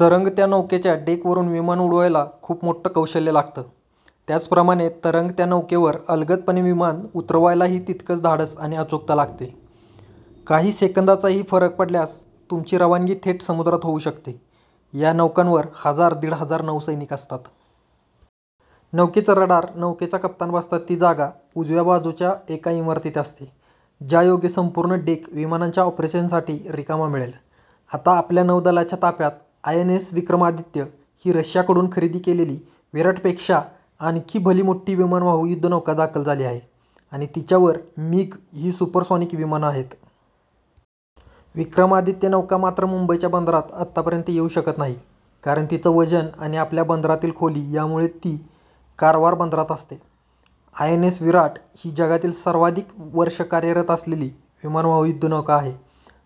तरंगत्या नौकेच्या डेकवरून विमानं उडवायला खूप मोठं कौशल्य लागतं. त्याचप्रमाणे तरंगत्या नौकेवर अलगदपणे विमान उतरवायलाही तितकंच धाडस आणि अचूकता लागते. काही सेकंदाचाही फरक पडल्यास तुमची रवानगी थेट समुद्रात होऊ शकते. या नौकांवर हजार-दीड हजार नौसैनिक असतात. नौकेचं रडार, नौकेचे कप्तान बसतात ती जागा उजव्या बाजूच्या एका इमारतीत असते, ज्यायोगे संपूर्ण डेक विमानांच्या ऑपरेशन्ससाठी रिकामा मिळेल. आता आपल्या नौदलाच्या ताफ्यात आयएनएस विक्रमादित्य ही रशियाकडून खरेदी केलेली विराटपेक्षा आणखी भलीमोठी विमानवाहू युध्दनौका दाखल झाली आहे आणि तिच्यावर मिग ही सुपरसॉनिक विमानं आहेत. विक्रमादित्य नौका मात्र मुंबईच्या बंदरात आतपर्यंत येऊ शकत नाही, कारण तिचं वजन आणि आपल्या बंदरातली खोली. त्यामुळे ती कारवार बंदरात असते. आयएनएस विराट ही जगातली सर्वाधिक वर्ष कार्यरत असलेली विमानवाहू युध्दनौका आहे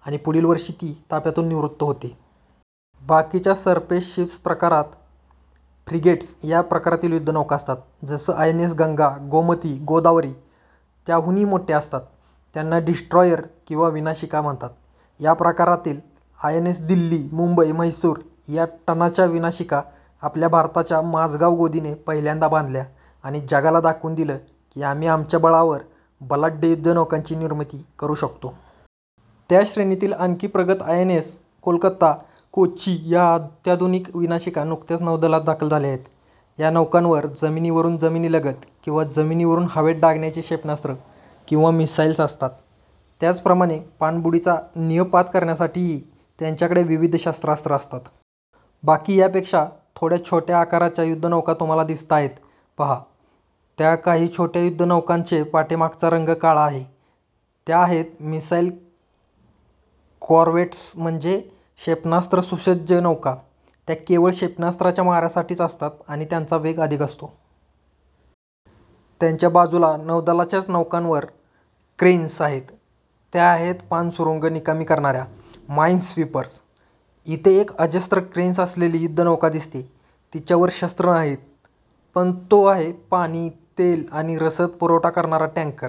आणि पुढील वर्षी ती ताफ्यातून निवृत्त होतेय. बाकीच्या सरफेस शीप्स प्रकारात फ्रिगेट्स या प्रकारातील युध्दनौका असतात. जसं आयएनएस गंगा, गोमती, गोदावरी. त्याहून मोठ्या असतात त्यांना डिस्ट्रॉयर किंवा विनाशिका म्हणतात. या प्रकारातील आयएनएस दिल्ली, मुंबई, म्हैसूर या टनांच्या विनाशिका आपल्या भारताच्या माझगाव गोदीने पहिल्यांदा बांधल्या आणि जगाला दाखवून दिलं की आम्ही आमच्या बळावर बलाढ्य युध्दनौकांची निर्मिती करू शकतो. त्याच श्रेणीतल्या आणखी प्रगत आयएनएस कोलकाता, कोची या अत्याधुनिक विनाशिका नुकत्याच नौदलात दाखल झाल्या आहेत. या नौकांवर जमिनीवरून जमिनीलगत किंवा जमिनीवरून हवेत डागण्याची क्षेपणास्त्र किंवा मिसाईल्स असतात. त्याचप्रमाणे पाणबुडीचा निःपात करण्यासाठीही त्यांच्याकडे विविध शस्त्रास्त्रं असतात. बाकी यापेक्षा थोड्या छोट्या आकाराच्या युध्दनौका तुम्हाला दिसताहेत पहा. त्यात काही छोट्या युध्दनौकांचा पाठीमागचा रंग काळा आहे, त्या आहेत, मिसाइल कॉरव्हेट्स म्हणजे क्षेपणास्त्रसुसज्ज नौका. त्या केवळ क्षेपणास्त्रांच्या माऱ्यासाठीच असतात आणि त्यांचा वेग अधिक असतो. त्यांच्या बाजूला नौदलाच्याच नौकांवर क्रेन्स आहेत. त्या आहेत पाणसुरुंग निकामी करणाऱ्या माइनस्वीपर्स. इथे एक अजस्त्र क्रेन्स असलेली युध्दनौका दिसतेय, तिच्यावर शस्त्र नाहीत, पण तो आहे पाणी, तेल आणि रसदपुरवठा करणारा टँकर.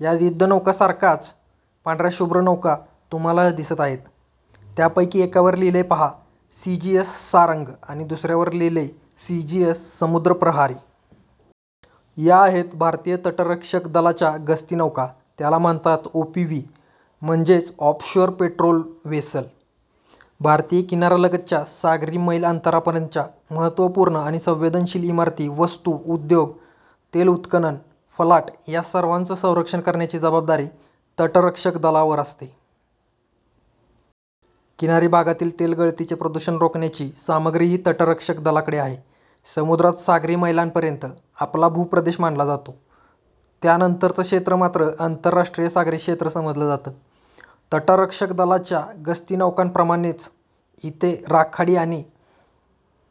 या युध्दनौकांसारख्याच पांढऱ्याशुभ्र नौका तुम्हाला दिसताहेत, त्यापैकी एकावर लिहिलंय पहा, सीजीएस सारंग आणि दुसऱ्यावर लिहिलंय सीजीएस समुद्रप्रहरी. या आहेत भारतीय तटरक्षक दलाच्या गस्तीनौका. त्याला म्हणतात ओपीव्ही म्हणजेच ऑफशोअर पेट्रोल व्हेसल. भारतीय किनाऱ्यालगतच्या सागरी मैल अंतरापर्यंतच्या महत्त्वपूर्ण आणि संवेदनशील इमारती, वास्तू, उद्योग, तेलउत्खनन फलाट या सर्वांचं संरक्षण करण्याची जबाबदारी तटरक्षक दलावर असते. किनारी भागातील तेलगळतीचं प्रदूषण रोखण्याची सामग्रीही तटरक्षक दलाकडे आहे. समुद्रात सागरी मैलांपर्यंत आपला भूप्रदेश मानला जातो, त्यानंतरचं क्षेत्र मात्र आंतरराष्ट्रीय सागरी क्षेत्र समजलं जातं. तटरक्षक दलाच्या गस्तीनौकांप्रमाणेच इथे राखाडी आणि